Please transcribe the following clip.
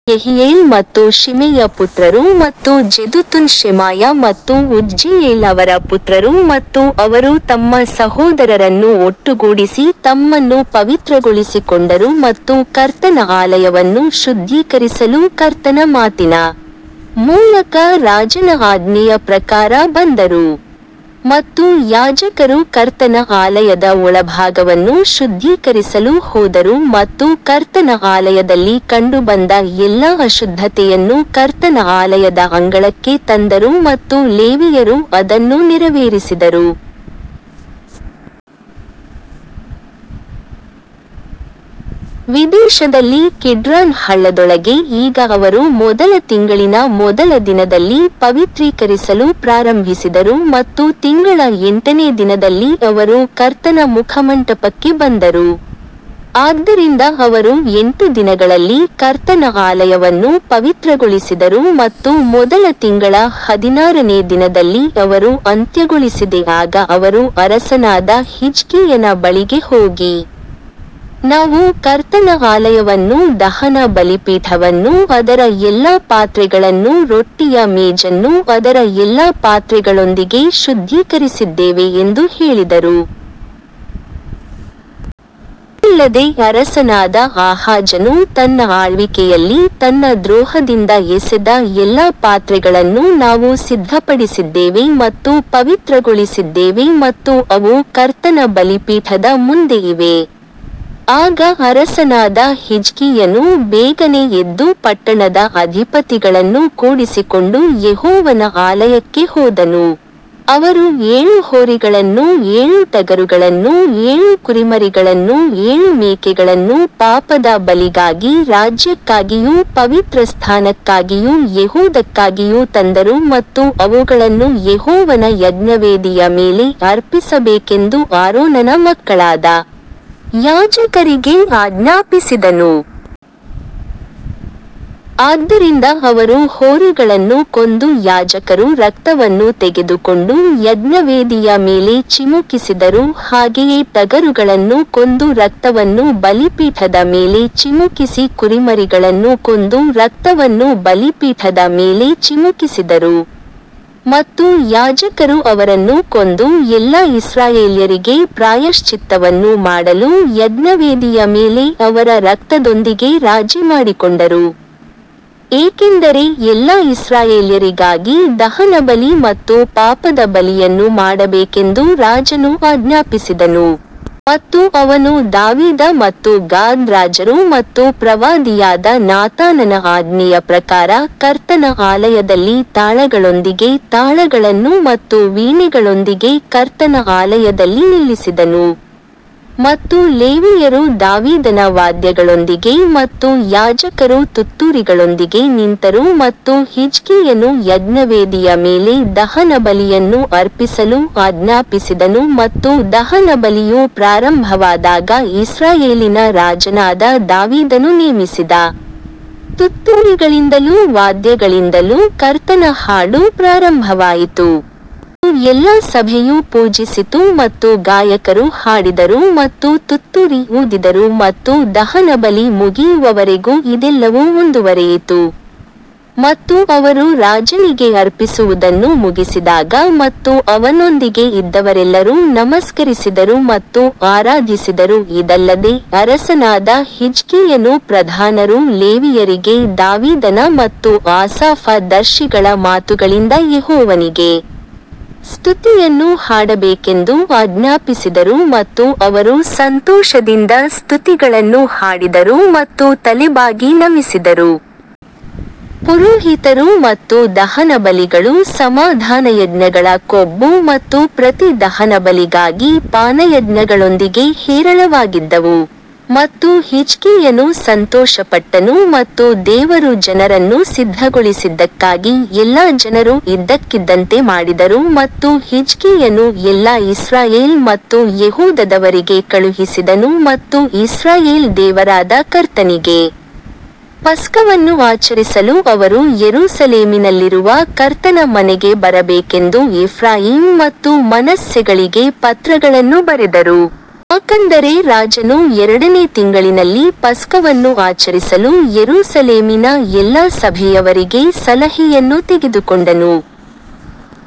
Heman ಯೆಹಿಯೇಲ್ ಮತ್ತು ಶಿಮೆಯ ಪುತ್ರರು ಮತ್ತು ಜೆದುತುನ್ ಶೆಮಾಯ ಮತ್ತು ಉಜ್ಜೀಯೇಲ್ ಅವರ ಪುತ್ರರು ಮತ್ತು ಅವರು ತಮ್ಮ ಸಹೋದರರನ್ನು ಒಟ್ಟುಗೂಡಿಸಿ ತಮ್ಮನ್ನು ಪವಿತ್ರಗೊಳಿಸಿಕೊಂಡರು ಮತ್ತು ಕರ್ತನ ಆಲಯವನ್ನು ಶುದ್ಧೀಕರಿಸಲು ಕರ್ತನ ಮಾತಿನ ಮೂಲಕ ರಾಜನ ಆಜ್ಞೆಯ ಪ್ರಕಾರ ಬಂದರು. ಮತ್ತು ಯಾಜಕರು ಕರ್ತನ ಆಲಯದ ಒಳಭಾಗವನ್ನು ಶುದ್ಧೀಕರಿಸಲು ಹೋದರು ಮತ್ತು ಕರ್ತನ ಆಲಯದಲ್ಲಿ ಕಂಡುಬಂದ ಎಲ್ಲಾ ಅಶುದ್ಧತೆಯನ್ನು ಕರ್ತನ ಆಲಯದ ಅಂಗಳಕ್ಕೆ ತಂದರು ಮತ್ತು ಲೇವಿಯರು ಅದನ್ನು ನೆರವೇರಿಸಿದರು. ವಿದೇಶದಲ್ಲಿ ಕಿಡ್ರಾನ್ ಹಳ್ಳದೊಳಗೆ ಈಗ ಅವರು ಮೊದಲ ತಿಂಗಳಿನ ಮೊದಲ ದಿನದಲ್ಲಿ ಪವಿತ್ರೀಕರಿಸಲು ಪ್ರಾರಂಭಿಸಿದರು ಮತ್ತು ತಿಂಗಳ ಎಂಟನೇ ದಿನದಲ್ಲಿ ಅವರು ಕರ್ತನ ಮುಖಮಂಟಪಕ್ಕೆ ಬಂದರು, ಆದ್ದರಿಂದ ಅವರು ಎಂಟು ದಿನಗಳಲ್ಲಿ ಕರ್ತನ ಆಲಯವನ್ನು ಪವಿತ್ರಗೊಳಿಸಿದರು ಮತ್ತು ಮೊದಲ ತಿಂಗಳ ಹದಿನಾರನೇ ದಿನದಲ್ಲಿ ಅವರು ಅಂತ್ಯಗೊಳಿಸಿದೆ ಆಗ ಅವರು ಅರಸನಾದ ಹಿಜ್ಕೀಯನ ಬಳಿಗೆ ಹೋಗಿ, ನಾವು ಕರ್ತನ ಆಲಯವನ್ನೂ ದಹನ ಬಲಿಪೀಠವನ್ನೂ ಅದರ ಎಲ್ಲಾ ಪಾತ್ರೆಗಳನ್ನೂ ರೊಟ್ಟಿಯ ಮೇಜನ್ನೂ ಅದರ ಎಲ್ಲಾ ಪಾತ್ರೆಗಳೊಂದಿಗೆ ಶುದ್ಧೀಕರಿಸಿದ್ದೇವೆ ಎಂದು ಹೇಳಿದರು. ಇದಲ್ಲದೆ ಅರಸನಾದ ಆಹಾಜನು ತನ್ನ ಆಳ್ವಿಕೆಯಲ್ಲಿ ತನ್ನ ದ್ರೋಹದಿಂದ ಎಸೆದ ಎಲ್ಲಾ ಪಾತ್ರೆಗಳನ್ನು ನಾವು ಸಿದ್ಧಪಡಿಸಿದ್ದೇವೆ ಮತ್ತು ಪವಿತ್ರಗೊಳಿಸಿದ್ದೇವೆ ಮತ್ತು ಅವು ಕರ್ತನ ಬಲಿಪೀಠದ ಮುಂದೆ ಇವೆ. ಆಗ ಅರಸನಾದ ಹಿಜ್ಕೀಯನು ಬೇಗನೆ ಎದ್ದು ಪಟ್ಟಣದ ಅಧಿಪತಿಗಳನ್ನು ಕೂಡಿಸಿಕೊಂಡು ಯೆಹೋವನ ಆಲಯಕ್ಕೆ ಹೋದನು. ಅವರು ಏಳು ಹೋರಿಗಳನ್ನೂ ಏಳು ಟಗರುಗಳನ್ನೂ ಏಳು ಕುರಿಮರಿಗಳನ್ನೂ ಏಳು ಮೇಕೆಗಳನ್ನೂ ಪಾಪದ ಬಲಿಗಾಗಿ ರಾಜ್ಯಕ್ಕಾಗಿಯೂ ಪವಿತ್ರಸ್ಥಾನಕ್ಕಾಗಿಯೂ ಯೆಹೂದಕ್ಕಾಗಿಯೂ ತಂದರು ಮತ್ತು ಅವುಗಳನ್ನು ಯೆಹೋವನ ಯಜ್ಞವೇದಿಯ ಮೇಲೆ ಅರ್ಪಿಸಬೇಕೆಂದು ಆರೋನನ ಮಕ್ಕಳಾದ ಯಾಜಕರಿಗೆ ಆಜ್ಞಾಪಿಸಿದನು. ಆದ್ದರಿಂದ ಅವರು ಹೋರಿಗಳನ್ನು ಕೊಂದು ಯಾಜಕರು ರಕ್ತವನ್ನು ತೆಗೆದುಕೊಂಡು ಯಜ್ಞವೇದಿಯ ಮೇಲೆ ಚಿಮುಕಿಸಿದರು ಹಾಗೆಯೇ ಟಗರುಗಳನ್ನು ಕೊಂದು ರಕ್ತವನ್ನು ಬಲಿಪೀಠದ ಮೇಲೆ ಚಿಮುಕಿಸಿ ಕುರಿಮರಿಗಳನ್ನೂ ಕೊಂದು ರಕ್ತವನ್ನು ಬಲಿಪೀಠದ ಮೇಲೆ ಚಿಮುಕಿಸಿದರು. ಮತ್ತು ಯಾಜಕರು ಅವರನ್ನು ಕೊಂದು ಎಲ್ಲಾ ಇಸ್ರಾಯೇಲ್ಯರಿಗೆ ಪ್ರಾಯಶ್ಚಿತ್ತವನ್ನು ಮಾಡಲು ಯಜ್ಞವೇದಿಯ ಮೇಲೆ ಅವರ ರಕ್ತದೊಂದಿಗೆ ರಾಜಿ ಮಾಡಿಕೊಂಡರು, ಏಕೆಂದರೆ ಎಲ್ಲಾ ಇಸ್ರಾಯೇಲ್ಯರಿಗಾಗಿ ದಹನಬಲಿ ಮತ್ತು ಪಾಪದ ಬಲಿಯನ್ನು ಮಾಡಬೇಕೆಂದು ರಾಜನು ಆಜ್ಞಾಪಿಸಿದನು. ಮತ್ತು ಅವನು ದಾವೀದ ಮತ್ತು ಗಾದ್ ರಾಜರು ಮತ್ತು ಪ್ರವಾದಿಯಾದ ನಾತಾನನ ಆಜ್ಞೆಯ ಪ್ರಕಾರ ಕರ್ತನ ಆಲಯದಲ್ಲಿ ತಾಳಗಳೊಂದಿಗೆ ತಾಳಗಳನ್ನು ಮತ್ತು ವೀಣೆಗಳೊಂದಿಗೆ ಕರ್ತನ ಆಲಯದಲ್ಲಿ ನಿಲ್ಲಿಸಿದನು. ಮತ್ತು ಲೇವಿಯರು ದಾವೀದನ ವಾದ್ಯಗಳೊಂದಿಗೆ ಮತ್ತು ಯಾಜಕರು ತುತ್ತೂರಿಗಳೊಂದಿಗೆ ನಿಂತರು ಮತ್ತು ಹಿಜ್ಕೀಯನು ಯಜ್ಞವೇದಿಯ ಮೇಲೆ ದಹನಬಲಿಯನ್ನು ಅರ್ಪಿಸಲು ಆಜ್ಞಾಪಿಸಿದನು ಮತ್ತು ದಹನಬಲಿಯು ಪ್ರಾರಂಭವಾದಾಗ ಇಸ್ರಾಯೇಲಿನ ರಾಜನಾದ ದಾವೀದನು ನೇಮಿಸಿದ ತುತ್ತೂರಿಗಳಿಂದಲೂ ವಾದ್ಯಗಳಿಂದಲೂ ಕರ್ತನ ಹಾಡು ಪ್ರಾರಂಭವಾಯಿತು. ಮತ್ತು ಎಲ್ಲಾ ಸಭೆಯು ಪೂಜಿಸಿತು ಮತ್ತು ಗಾಯಕರು ಹಾಡಿದರು ಮತ್ತು ತುತ್ತೂರಿ ಊದಿದರು ಮತ್ತು ದಹನಬಲಿ ಮುಗಿಯುವವರೆಗೂ ಇದೆಲ್ಲವೂ ಮುಂದುವರೆಯಿತು. ಮತ್ತು ಅವರು ರಾಜನಿಗೆ ಅರ್ಪಿಸುವುದನ್ನು ಮುಗಿಸಿದಾಗ ಮತ್ತು ಅವನೊಂದಿಗೆ ಇದ್ದವರೆಲ್ಲರೂ ನಮಸ್ಕರಿಸಿದರು ಮತ್ತು ಆರಾಧಿಸಿದರು ಇದಲ್ಲದೆ ಅರಸನಾದ ಹಿಜ್ಕೀಯನೂ ಪ್ರಧಾನರೂ ಲೇವಿಯರಿಗೆ ದಾವೀದನ ಮತ್ತು ಆಸಾಫನ ದರ್ಶಿಗಳ ಮಾತುಗಳಿಂದ ಯೆಹೋವನಿಗೆ ಸ್ತುತಿಯನ್ನು ಹಾಡಬೇಕೆಂದು ಆಜ್ಞಾಪಿಸಿದರು ಮತ್ತು ಅವರು ಸಂತೋಷದಿಂದ ಸ್ತುತಿಗಳನ್ನು ಹಾಡಿದರು ಮತ್ತು ತಲೆಬಾಗಿ ನಮಿಸಿದರು. ಪುರೋಹಿತರು ಮತ್ತು ದಹನಬಲಿಗಳು ಸಮಾಧಾನಯಜ್ಞಗಳ ಕೊಬ್ಬು ಮತ್ತು ಪ್ರತಿ ದಹನಬಲಿಗಾಗಿ ಪಾನಯಜ್ಞಗಳೊಂದಿಗೆ ಹೇರಳವಾಗಿದ್ದವು. ಮತ್ತು ಹಿಜ್ಕೀಯನು ಸಂತೋಷಪಟ್ಟನು ಮತ್ತು ದೇವರು ಜನರನ್ನು ಸಿದ್ಧಗೊಳಿಸಿದ್ದಕ್ಕಾಗಿ ಎಲ್ಲಾ ಜನರು ಇದ್ದಕ್ಕಿದ್ದಂತೆ ಮಾಡಿದರು ಮತ್ತು ಹಿಜ್ಕೀಯನು ಎಲ್ಲಾ ಇಸ್ರಾಯೇಲ್ ಮತ್ತು ಯೆಹೂದದವರಿಗೆ ಕಳುಹಿಸಿದನು ಮತ್ತು ಇಸ್ರಾಯೇಲ್ ದೇವರಾದ ಕರ್ತನಿಗೆ ಪಸ್ಕವನ್ನು ಆಚರಿಸಲು ಅವರು ಯೆರೂಸಲೇಮಿನಲ್ಲಿರುವ ಕರ್ತನ ಮನೆಗೆ ಬರಬೇಕೆಂದು ಎಫ್ರಾಯೀಮ್ ಮತ್ತು ಮನಸ್ಸೆಗಳಿಗೆ ಪತ್ರಗಳನ್ನು ಬರೆದರು. ಯಾಕಂದರೆ ರಾಜನು ಎರಡನೇ ತಿಂಗಳಿನಲ್ಲಿ ಪಸ್ಕವನ್ನು ಆಚರಿಸಲು ಯೆರೂಸಲೇಮಿನ ಎಲ್ಲಾ ಸಭೆಯವರಿಗೆ ಸಲಹೆಯನ್ನು ತೆಗೆದುಕೊಂಡನು.